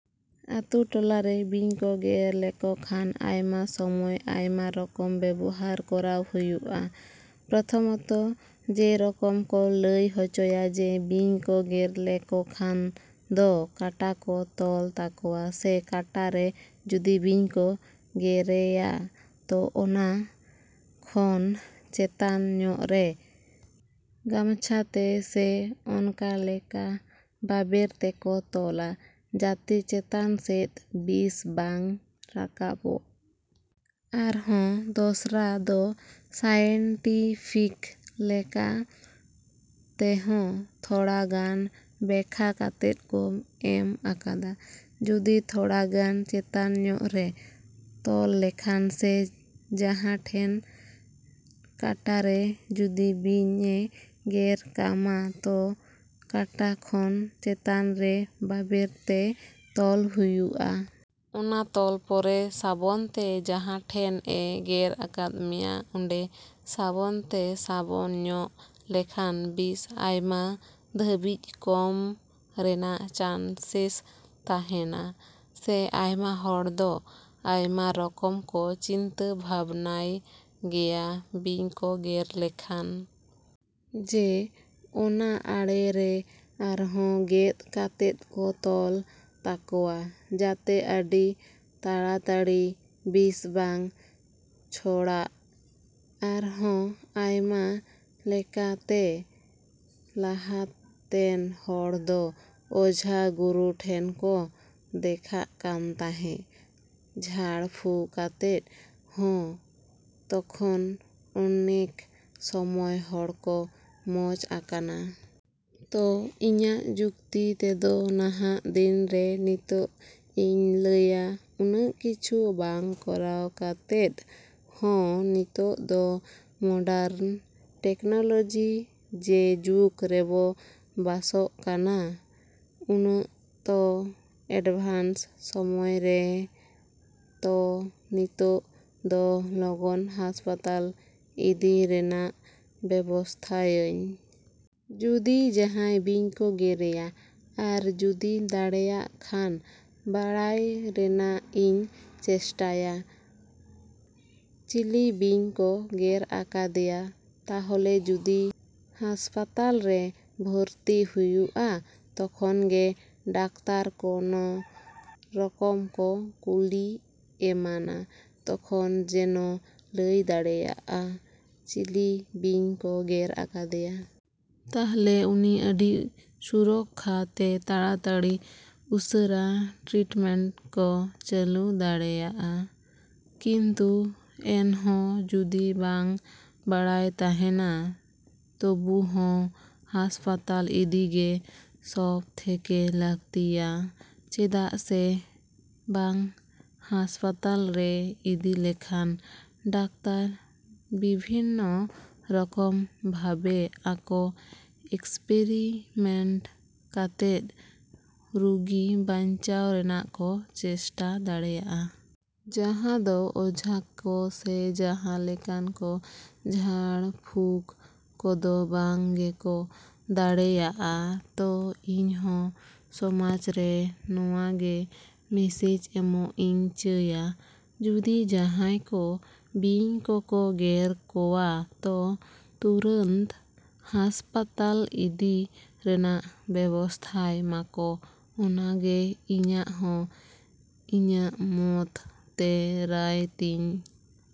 ‎ᱟᱹᱛᱩ ᱴᱚᱞᱟ ᱨᱮ ᱵᱤᱧ ᱠᱚ ᱜᱮᱨ ᱞᱮᱠᱚ ᱠᱷᱟᱱ ᱟᱭᱢᱟ ᱥᱚᱢᱚᱭ ᱟᱭᱢᱟ ᱨᱚᱠᱚᱢ ᱵᱮᱵᱚᱦᱟᱨ ᱠᱚᱨᱟᱣ ᱦᱩᱭᱩᱜᱼᱟ᱾ ᱯᱨᱚᱛᱷᱚᱢᱚᱛᱚ ᱡᱮ ᱨᱚᱠᱚᱢ ᱠᱚ ᱞᱟᱹᱭ ᱦᱚᱪᱚᱭᱟ ᱡᱮ ᱵᱤᱧ ᱠᱚ ᱜᱮᱨ ᱞᱮᱠᱚ ᱠᱷᱟᱱ ᱫᱚ ᱠᱟᱴᱟ ᱠᱚ ᱛᱚᱞ ᱛᱟᱠᱚᱣᱟ ᱥᱮ ᱠᱟᱴᱟ ᱨᱮ ᱡᱩᱫᱤ ᱵᱤᱧ ᱠᱚ ᱜᱮᱨᱮᱭᱟ ᱛᱚ ᱚᱱᱟ ᱠᱷᱚᱱ ᱪᱮᱛᱟᱱ ᱧᱚᱜ ᱨᱮ ᱜᱟᱢᱪᱷᱟ ᱛᱮ ᱥᱮ ᱚᱱᱠᱟ ᱞᱮᱠᱟ ᱵᱟᱵᱮᱨ ᱛᱮᱠᱚ ᱛᱚᱞᱟ ᱡᱟᱛᱮ ᱪᱮᱛᱟᱱ ᱥᱮᱫ ᱵᱤᱥ ᱵᱟᱝ ᱨᱟᱠᱟᱵᱚᱜ᱾ ᱟᱨᱦᱚᱸ ᱫᱚᱥᱨᱟ ᱫᱚ ᱥᱟᱭᱮᱱᱴᱤᱯᱷᱤᱠ ᱞᱮᱠᱟ ᱛᱮᱦᱚᱸ ᱛᱷᱚᱲᱟ ᱜᱟᱱ ᱵᱮᱠᱠᱷᱟ ᱠᱟᱛᱮᱫ ᱠᱚ ᱮᱢ ᱟᱠᱟᱫᱟ᱾ ᱡᱩᱫᱤ ᱛᱷᱚᱲᱟ ᱜᱟᱱ ᱪᱮᱛᱟᱱ ᱧᱚᱜ ᱨᱮ ᱛᱚᱞ ᱞᱮᱠᱷᱟᱱ ᱥᱮ ᱡᱟᱦᱟᱸ ᱴᱷᱮᱱ ᱠᱟᱴᱟ ᱨᱮ ᱡᱩᱫᱤ ᱵᱤᱧ ᱮ ᱜᱮᱨ ᱠᱟᱢᱟ ᱛᱚ ᱠᱟᱴᱟ ᱠᱷᱚᱱ ᱪᱮᱛᱟᱱ ᱨᱮ ᱵᱟᱵᱮᱨ ᱛᱮ ᱛᱚᱞ ᱦᱩᱭᱩᱜᱼᱟ᱾ ᱚᱱᱟ ᱛᱚᱞ ᱯᱚᱨᱮ ᱥᱟᱵᱚᱱ ᱛᱮ ᱡᱟᱦᱟᱸ ᱴᱷᱮᱱ ᱮ ᱜᱮᱨ ᱟᱠᱟᱫ ᱢᱮᱭᱟ ᱚᱸᱰᱮ ᱥᱟᱵᱚᱱ ᱛᱮ ᱥᱟᱵᱚᱱ ᱧᱚᱜ ᱞᱮᱠᱷᱟᱱ ᱵᱤᱥ ᱟᱭᱢᱟ ᱫᱷᱟᱵᱤᱡ ᱠᱚᱢ ᱨᱮᱱᱟᱜ ᱪᱟᱱᱥᱮᱥ ᱛᱟᱦᱮᱸᱱᱟ᱾ ᱥᱮ ᱟᱭᱢᱟ ᱦᱚᱲ ᱫᱚ ᱟᱭᱢᱟ ᱨᱚᱠᱚᱢ ᱠᱚ ᱪᱤᱱᱛᱟᱹ ᱵᱷᱟᱵᱽᱱᱟᱭ ᱜᱮᱭᱟ ᱵᱤᱧ ᱠᱚ ᱜᱮᱨ ᱞᱮᱠᱷᱟᱱ᱾ ᱡᱮ ᱚᱱᱟ ᱟᱲᱮ ᱨᱮ ᱟᱨᱦᱚᱸ ᱜᱮᱫ ᱠᱟᱛᱮᱫ ᱠᱚ ᱛᱚᱞ ᱛᱟᱠᱚᱣᱟ ᱡᱟᱛᱮ ᱟᱹᱰᱤ ᱛᱟᱲᱟᱛᱟᱹᱲᱤ ᱵᱤᱥ ᱵᱟᱝ ᱪᱷᱚᱲᱟᱜ᱾ ᱟᱨᱦᱚᱸ ᱟᱭᱢᱟ ᱞᱮᱠᱟ ᱛᱮ ᱞᱟᱦᱟ ᱛᱮᱱ ᱦᱚᱲ ᱫᱚ ᱚᱡᱷᱟ ᱜᱩᱨᱩ ᱴᱷᱮᱱ ᱠᱚ ᱫᱮᱠᱷᱟᱜ ᱠᱟᱱ ᱛᱟᱦᱮᱸ ᱡᱷᱟᱲ ᱯᱷᱩᱠ ᱠᱟᱛᱮᱫ ᱦᱚᱸ, ᱛᱚᱠᱷᱚᱱ ᱚᱱᱮᱠ ᱥᱚᱢᱚᱭ ᱦᱚᱲ ᱠᱚ ᱢᱚᱡᱽ ᱟᱠᱟᱱᱟ᱾ ᱛᱚ ᱤᱧᱟᱹᱜ ᱡᱩᱠᱛᱤ ᱛᱮᱫᱚ ᱱᱟᱦᱟᱜ ᱫᱤᱱ ᱨᱮ ᱱᱤᱛᱚᱜ ᱤᱧ ᱞᱟᱹᱭᱟ ᱩᱱᱟᱹᱜ ᱠᱤᱪᱷᱩ ᱵᱟᱝ ᱠᱚᱨᱟᱣ ᱠᱟᱛᱮᱫ ᱦᱚᱸ ᱱᱤᱛᱚᱜ ᱫᱚ ᱢᱚᱰᱟᱨᱱ ᱴᱮᱠᱱᱚᱞᱚᱡᱤ ᱡᱮ ᱡᱩᱜᱽ ᱨᱮᱵᱚ ᱵᱟᱥᱚᱜ ᱠᱟᱱᱟ᱾ ᱩᱱᱟᱹᱜ ᱛᱚ ᱮᱰᱵᱷᱟᱱᱥ ᱥᱚᱢᱚᱭ ᱨᱮ ᱛᱚ ᱱᱤᱛᱚᱜ ᱫᱚ ᱞᱚᱜᱚᱱ ᱦᱟᱸᱥᱯᱟᱛᱟᱞ ᱤᱫᱤ ᱨᱮᱱᱟᱜ ᱵᱮᱵᱚᱥᱛᱟᱭᱟᱹᱧ᱾ ᱡᱩᱫᱤ ᱡᱟᱦᱟᱸᱭ ᱵᱤᱧ ᱠᱚ ᱜᱮᱨᱮᱭᱟ ᱟᱨ ᱡᱩᱫᱤ ᱫᱟᱲᱮᱭᱟᱜ ᱠᱷᱟᱱ, ᱵᱟᱲᱟᱭ ᱨᱮᱱᱟᱜ ᱤᱧ ᱪᱮᱥᱴᱟᱭᱟ ᱪᱤᱞᱤ ᱵᱤᱧ ᱠᱚ ᱜᱮᱨ ᱟᱠᱟᱫᱮᱭᱟ ᱛᱟᱦᱚᱞᱮ ᱡᱩᱫᱤ ᱦᱟᱸᱥᱯᱟᱛᱟᱞ ᱨᱮ ᱵᱷᱚᱨᱛᱤ ᱦᱩᱭᱩᱜᱼᱟ ᱛᱚᱠᱷᱚᱱ ᱜᱮ ᱰᱟᱠᱛᱟᱨ ᱠᱚᱱᱚ ᱨᱚᱠᱚᱢ ᱠᱚ ᱠᱩᱠᱞᱤ ᱮᱢᱟᱱᱟ᱾ ᱛᱚᱠᱷᱚᱱ ᱡᱮᱱᱚ ᱞᱟᱹᱭ ᱫᱟᱲᱮᱭᱟᱜᱼᱟ, ᱪᱤᱞᱤ ᱵᱤᱧ ᱠᱚ ᱜᱮᱨ ᱟᱠᱟᱫᱮᱭᱟ᱾ ᱛᱟᱦᱞᱮ ᱩᱱᱤ ᱟᱹᱰᱤ ᱥᱩᱨᱚᱠᱠᱷᱟ ᱛᱮ ᱛᱟᱲᱟ ᱛᱟᱹᱲᱤ ᱩᱥᱟᱹᱨᱟ ᱴᱨᱤᱴᱢᱮᱱᱴ ᱠᱚ ᱪᱟᱞᱩ ᱫᱟᱲᱮᱭᱟᱜᱼᱟ᱾ ᱠᱤᱱᱛᱩ ᱮᱱ ᱦᱚᱸ ᱡᱩᱫᱤ ᱵᱟᱝ ᱵᱟᱲᱟᱭ ᱛᱟᱦᱮᱸᱱᱟ ᱛᱚᱵᱩ ᱦᱚᱸ ᱦᱟᱸᱥᱯᱟᱛᱟᱞ ᱤᱫᱤ ᱜᱮ ᱥᱚᱵᱽ ᱛᱷᱮᱠᱮ ᱞᱟ.ᱠᱛᱤᱭᱟ᱾ ᱪᱮᱫᱟᱜ ᱥᱮ ᱵᱟᱝ ᱦᱟᱸᱥᱯᱟᱛᱟᱞ ᱨᱮ ᱤᱫᱤ ᱞᱮᱠᱷᱟᱱ ᱰᱟᱠᱛᱟᱨ ᱵᱤᱵᱷᱤᱱᱱᱚ ᱨᱚᱠᱚᱢ ᱵᱷᱟᱵᱮ ᱟᱠᱚ ᱮᱠᱥᱯᱮᱨᱤᱢᱮᱱᱴ ᱠᱟᱛᱮᱫ ᱨᱩᱜᱤ ᱵᱟᱧᱪᱟᱣ ᱨᱮᱱᱟᱜ ᱠᱚ ᱪᱮᱥᱴᱟ ᱫᱟᱲᱮᱭᱟᱜᱼᱟ᱾ ᱡᱟᱦᱟᱸ ᱫᱚ ᱚᱡᱷᱟ ᱠᱚ ᱥᱮ ᱡᱟᱦᱟᱸ ᱞᱮᱠᱟᱱ ᱠᱚ ᱡᱷᱟᱲ ᱯᱷᱩᱠ ᱠᱚᱫᱚ ᱵᱟᱝ ᱜᱮᱠᱚ ᱫᱟᱲᱮᱭᱟᱜᱼᱟ᱾ ᱛᱚ ᱤᱧ ᱦᱚᱸ ᱥᱚᱢᱟᱡᱽ ᱨᱮ ᱱᱚᱣᱟ ᱜᱮ ᱢᱮᱥᱮᱡᱽ ᱮᱢᱚᱜ ᱤᱧ ᱪᱟᱹᱭᱟ᱾ ᱡᱩᱫᱤ ᱡᱟᱦᱟᱸᱭ ᱠᱚ ᱵᱤᱧ ᱠᱚᱠᱚ ᱜᱮᱨ ᱠᱚᱣᱟ ᱛᱚ ᱛᱩᱨᱟᱹᱱᱛ ᱦᱟᱸᱥᱯᱟᱛᱟᱞ ᱤᱫᱤ ᱨᱮᱱᱟᱜ ᱵᱮᱵᱚᱥᱛᱟᱭ ᱢᱟᱠᱚ ᱚᱱᱟ ᱜᱮ ᱤᱧᱟᱹᱜ ᱦᱚᱸ ᱤᱧᱟᱹᱜ ᱢᱚᱛ ᱛᱮ ᱨᱟᱭ ᱛᱤᱧ।